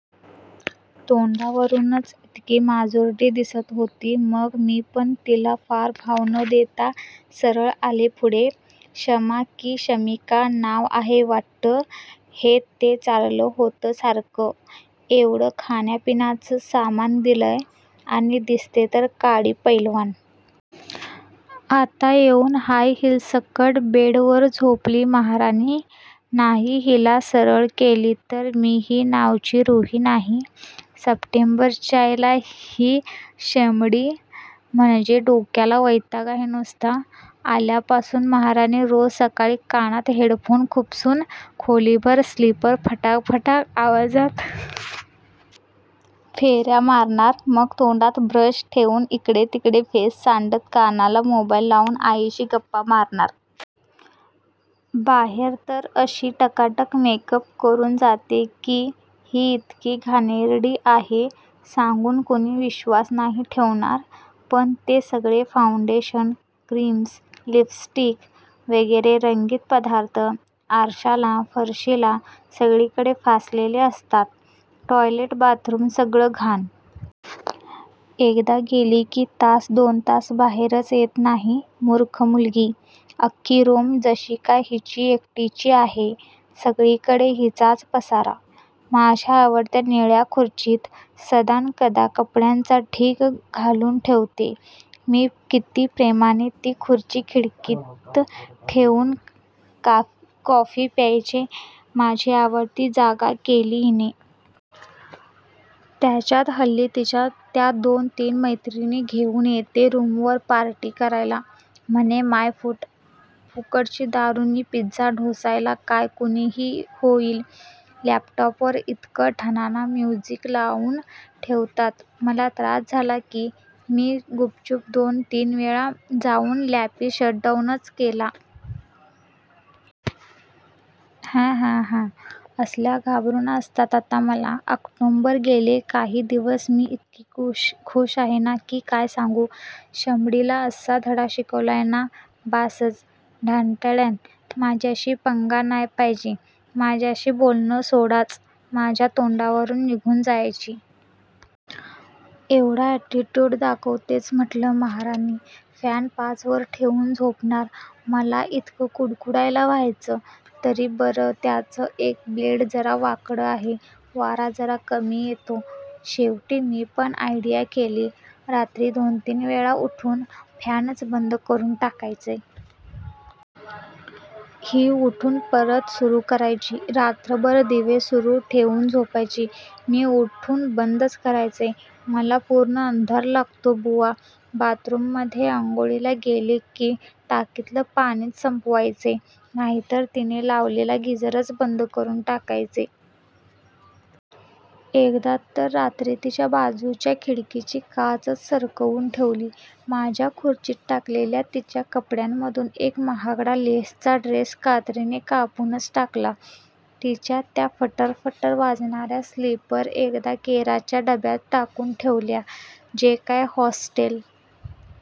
तोंडावरूनच इतकी माजोरडी दिसत होती. मग मीपण तिला फार भाव न देता सरळ आले पुढे. शमा की शमिका नाव आहे वाट्ट. हे, ते चाललं होतं सारखं. एवढं खाण्या पिण्याचं सामान दिलंय, आणि दिसते तर काडी पैलवान. आत येऊन हाय हिल्ससकट बेडवर झोपली महाराणी! नाही हिला सरळ केली तर मीही नावाची रुही नाही! सप्टेंबर च्यायला ही शमडी म्हणजे डोक्याला वैताग आहे नुसता. आल्यापासून महाराणी रोज सकाळी कानात हेडफोन खुपसून खोलीभर स्लीपर फटाक फटाक वाजवत फेऱ्या मारणार, मग तोंडात ब्रश ठेऊन इकडे तिकडे फेस सांडत कानाला मोबाईल लावून आईशी गप्पा मारणार. बाहेर तर अशी टकाटक मेकअप करून जाते की ही इतकी घाणेरडी आहे सांगून कुणी विश्वास नाही ठेवणार. पण ते सगळे फाऊंडेशन, क्रीम्स, लिपस्टिक वगैरे रंगीत पदार्थ आरश्याला, फरशीला सगळीकडे फासलेले असतात. टॉयलेट, बाथरूम सगळं घाण. एकदा गेली की तास- दोन तास बाहेरच येत नाही मूर्ख मुलगी. अख्खी रूम जशीकाय हिची एकटीची आहे! सगळीकडे हिचाच पसारा. माझ्या आवडत्या निळ्या खुर्चीत सदानकदा कपड्यांचा ढीग घालून ठेवते. मी किती प्रेमाने ती खुर्ची खिडकीत ठेऊन कॉफी प्यायचे, माझी आवडती जागा केली हिने. त्यातच हल्ली तिच्या त्या दोन तीन मैत्रिणी घेऊन येते रूमवर पार्टी करायला. म्हणे! माय फूट! फुकटची दारू नि पिझ्झा ढोसायला काय कुणीही होईल. लॅपटॉपवर इतकं ठणाणा म्युझिक लावून ठेवतात. मला त्रास झाला की मी गुपचूप दोन तीनवेळा जाऊन लॅपी शट डाऊनच केला. हॅहॅहॅ, असल्या घाबरून असतात आता मला. ऑक्टोबर गेले काही दिवस मी इतकी खुश आहे ना की काय सांगू! शमडीला अस्सा धडा शिकवलाय ना, बासच! ढाणटडॅण! माझ्याशी पंगा नाय पायजे. माझ्याशी बोलणं सोडाच, माझ्या तोंडावरून निघून जायची. एवढा ऍटीट्यूड! दाखवतेच म्हटलं. महाराणी फॅन पाचवर ठेऊन झोपणार, मला इतकं कुडकुडायला व्हायचं. तरी बरं त्याचं एक ब्लेड जरा वाकडं आहे, वारा जरा कमी येतो. शेवटी मीपण आयडिया केली. रात्री दोनतीन वेळा उठून फॅनच बंद करून टाकायचे. ही उठून परत सुरू करायची. रात्रभर दिवे सुरू ठेऊन झोपायची, मी उठून बंदच करायचे. मला पूर्ण अंधार लागतो बुवा. बाथरूममध्ये आंघोळीला गेले की टाकीतलं पाणीच संपवायचे, नाहीतर तिने लावलेला गिझरच बंद करून टाकायचे. एकदा तर रात्री तिच्या बाजूच्या खिडकीची काचच सरकवून ठेवली. माझ्या खुर्चीत टाकलेल्या तिच्या कपड्यामधून एक महागडा लेसचा ड्रेस कात्रीने कापूनच टाकला. तिच्या त्या फटर फटर वाजणाऱ्या स्लीपर एकदा केराच्या डब्यात टाकून ठेवल्या, जे काय हॉस्टेल